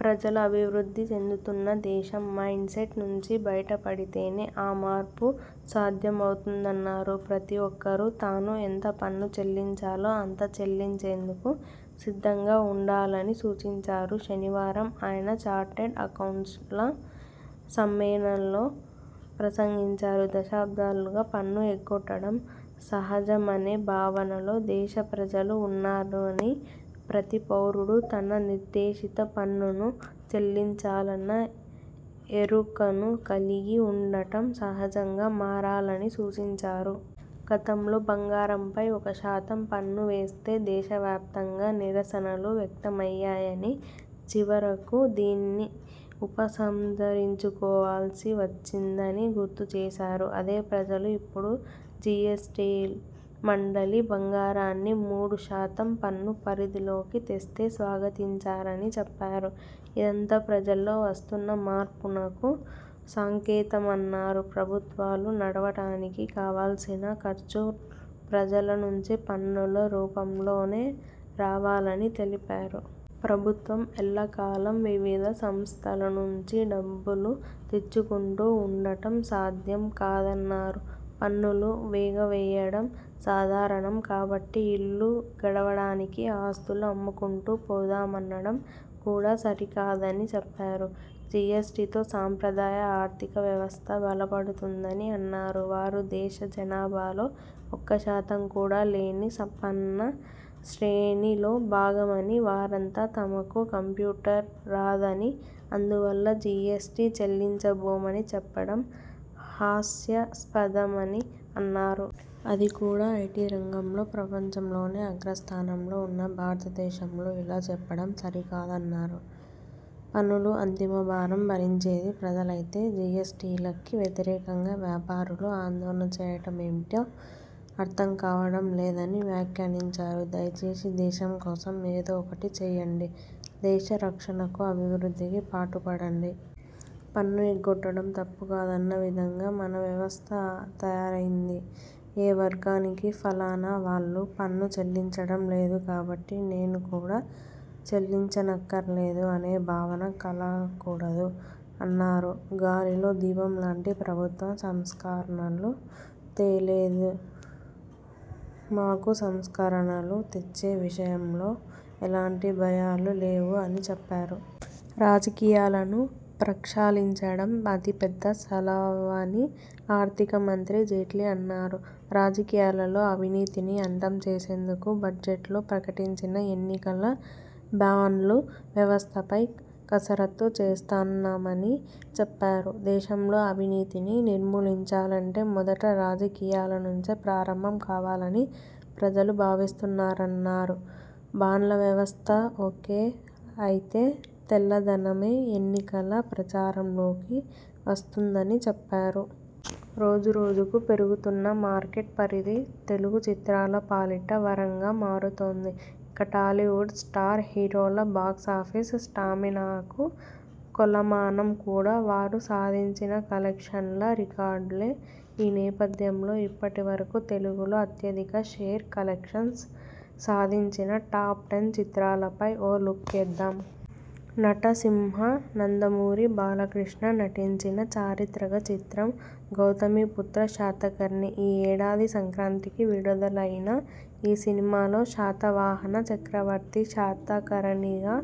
ప్రజలు అభివృద్ధి చెందుతున్న దేశం మైండ్సెట్ నుంచి బయటపడితేనే ఆ మార్పు సాధ్యమవుతుందన్నారు. ప్రతీ ఒక్కరూ తాను ఎంత పన్ను చెల్లించాలో అంత చెల్లించేందుకు సిద్ధంగా ఉండాలని సూచించారు. శనివారం ఆయన చార్టర్డ్ అకౌంటెంట్ల సమ్మేళనంలో ప్రసంగించారు. దశాబ్దాలుగా పన్ను ఎగ్గొట్టడం సహజమనే భావనలో దేశ ప్రజలు ఉన్నారని, ప్రతీ పౌరుడూ తాను నిర్దేశిత పన్నును చెల్లించాలన్న ఎరుకను కలిగి ఉండటం సహజంగా మారాలని సూచించారు. గతంలో బంగారంపై ఒకశాతం పన్ను వేస్తే దేశవ్యాప్తంగా నిరసనలు వ్యక్తమయ్యాయని, చివరకు దాన్ని ఉపసంహరించుకోవాల్సి వచ్చిందని గుర్తుచేశారు. అదే ప్రజలు ఇప్పుడు జీఎస్టీ మండలి బంగారాన్ని మూడు శాతం పన్ను పరిధిలోకి తెస్తే స్వాగతించారని చెప్పారు. ఇదంతా ప్రజల్లో వస్తున్న మార్పునకు సంకేతమన్నారు. ప్రభుత్వాలు నడవడానికి కావల్సిన ఖర్చు ప్రజల నుంచి పన్నుల రూపంలోనే రావాలని తెలిపారు. ప్రభుత్వం ఎల్లకాలం వివిధ సంస్థల నుంచి డబ్బులు తెచ్చుకుంటూ ఉండటం సాధ్యం కాదన్నారు. పన్నులు ఎగవేయడం సాధారణం కాబట్టి ఇల్లు గడవడానికి ఆస్తులు అమ్ముకుంటూ పోదామనడం కూడా సరికాదని చెప్పారు. జీఎస్టీతో సంప్రదాయ ఆర్థిక వ్యవస్థ బలపడుతుందని అన్నారు. వారు దేశ జనాభాలో ఒక శాతం కూడా లేని సంపన్న శ్రేణిలో భాగమని, వారంతా తమకు కంప్యూటర్ రాదని, అందువల్ల జీఎస్టీ చెల్లించబోమని చెప్పడం హాస్యాస్పదమని అన్నారు. అది కూడా ఐటీ రంగంలో ప్రపంచంలోనే అగ్రస్థానంలో ఉన్న భారతదేశంలో ఇలా చెప్పడం సరికాదన్నారు. పన్నుల అంతిమభారం భరించేది ప్రజలైతే జీఎస్టీకి వ్యతిరేకంగా వ్యాపారులు ఆందోళన చేయడమేమిటో అర్థం కావడం లేదని వ్యాఖ్యానించారు. ''దయచేసి దేశం కోసం ఏదో ఒకటి చేయండి. దేశరక్షణకు, అభివృద్ధికి పాటుపడండి. పన్ను ఎగ్గొట్టడం తప్పు కాదన్న విధంగా మన వ్యవస్థ తయారైంది. ఏ వర్గానికీ ఫలానా వాళ్లు పన్ను చెల్లించడం లేదు కాబట్టి నేను కూడా చెల్లించనక్కరలేదు అనే భావన కలగకూడదు'' అన్నారు. ''గాలిలో దీపం లాంటి ప్రభుత్వం సంస్కరణలు తేలేదు. మాకు సంస్కరణలు తెచ్చే విషయంలో ఎలాంటి భయాలూ లేవు'' అని చెప్పారు. రాజకీయాలను ప్రక్షాళించడం అతి పెద్ద సవాలని ఆర్థిక మంత్రి జైట్లీ అన్నారు. రాజకీయాల్లో అవినీతిని అంతం చేసేందుకు బడ్జెట్లో ప్రకటించిన ఎన్నికల బాండ్ల వ్యవస్థపై కసరత్తు చేస్తున్నామని చెప్పారు. దేశంలో అవినీతిని నిర్మూలించాలంటే మొదట రాజకీయాల నుంచే ప్రారంభం కావాలని ప్రజలు భావిస్తున్నారన్నారు. బాండ్ల వ్యవస్థ ఓకే అయితే తెల్లధనమే ఎన్నికల ప్రచారంలోకి వస్తుందని చెప్పారు. రోజు రోజుకు పెరుగుతోన్న మార్కెట్ పరిధి తెలుగు చిత్రాల పాలిట వరంగా మారుతోంది. ఇక టాలీవుడ్ స్టార్ హీరోల బాక్సాఫీస్ స్టామినాకు కొలమానం కూడా వారు సాధించిన కలెక్షన్ల రికార్డులే. ఈ నేపథ్యంలో ఇప్పటివరకూ తెలుగులో అత్యధిక షేర్ కలెక్షన్స్ సాధించిన టాప్ టెన్ చిత్రాలపై ఓ లుక్కేద్దాం. నటసింహ నందమూరి బాలకృష్ణ నటించిన చారిత్రక చిత్రం 'గౌతమీపుత్ర శాతకర్ణి'. ఈ ఏడాది సంక్రాంతికి విడుదలైన ఈ సినిమాలో శాతవాహన చక్రవర్తి శాతకర్ణిగా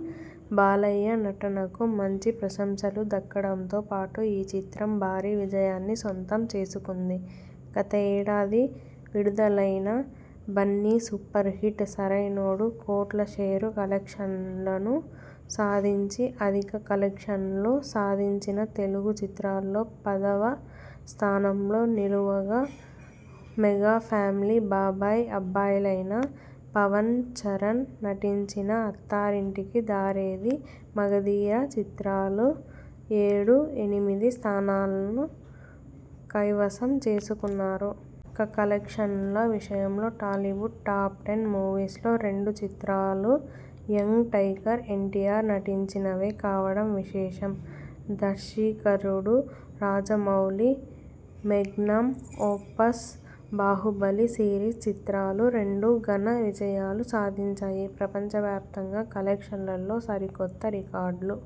బాలయ్య నటనకు మంచి ప్రశంసలు దక్కడంతో పాటు ఈ చిత్రం భారీ విజయాన్ని సొంతం చేసుకుంది. గత ఏడాది విడుదలైన బన్నీ సూపర్ హిట్ 'సరైనోడు' కోట్ల షేర్ కలెక్షన్లను సాధించి అత్యధిక కలెక్షన్లు సాధించిన తెలుగు చిత్రాల్లో పదవ స్థానంలో నిలవగా మెగా ఫ్యామిలీ బాబాయ్-అబ్బాయిలైన పవన్-చరణ్ నటించిన 'అత్తారింటికి దారేది', 'మగధీర' చిత్రాలు ఏడు, ఎనిమిది స్థానాలను కైవసం చేసుకున్నాయి. ఇక కలెక్షన్ల విషయంలో టాలీవుడ్ టాప్ టెన్ మూవీస్ లో రెండు చిత్రాలు యంగ్ టైగర్ ఎన్టీఆర్ నటించినవే కావడం విశేషం. దర్శకధీరుడు Rajamouli magnum opus 'Baahubali' series చిత్రాలు రెండూ ఘన విజయాలు సాధించాయి. ప్రపంచవ్యాప్తంగా కలెక్షన్లలో సరికొత్త రికార్డులు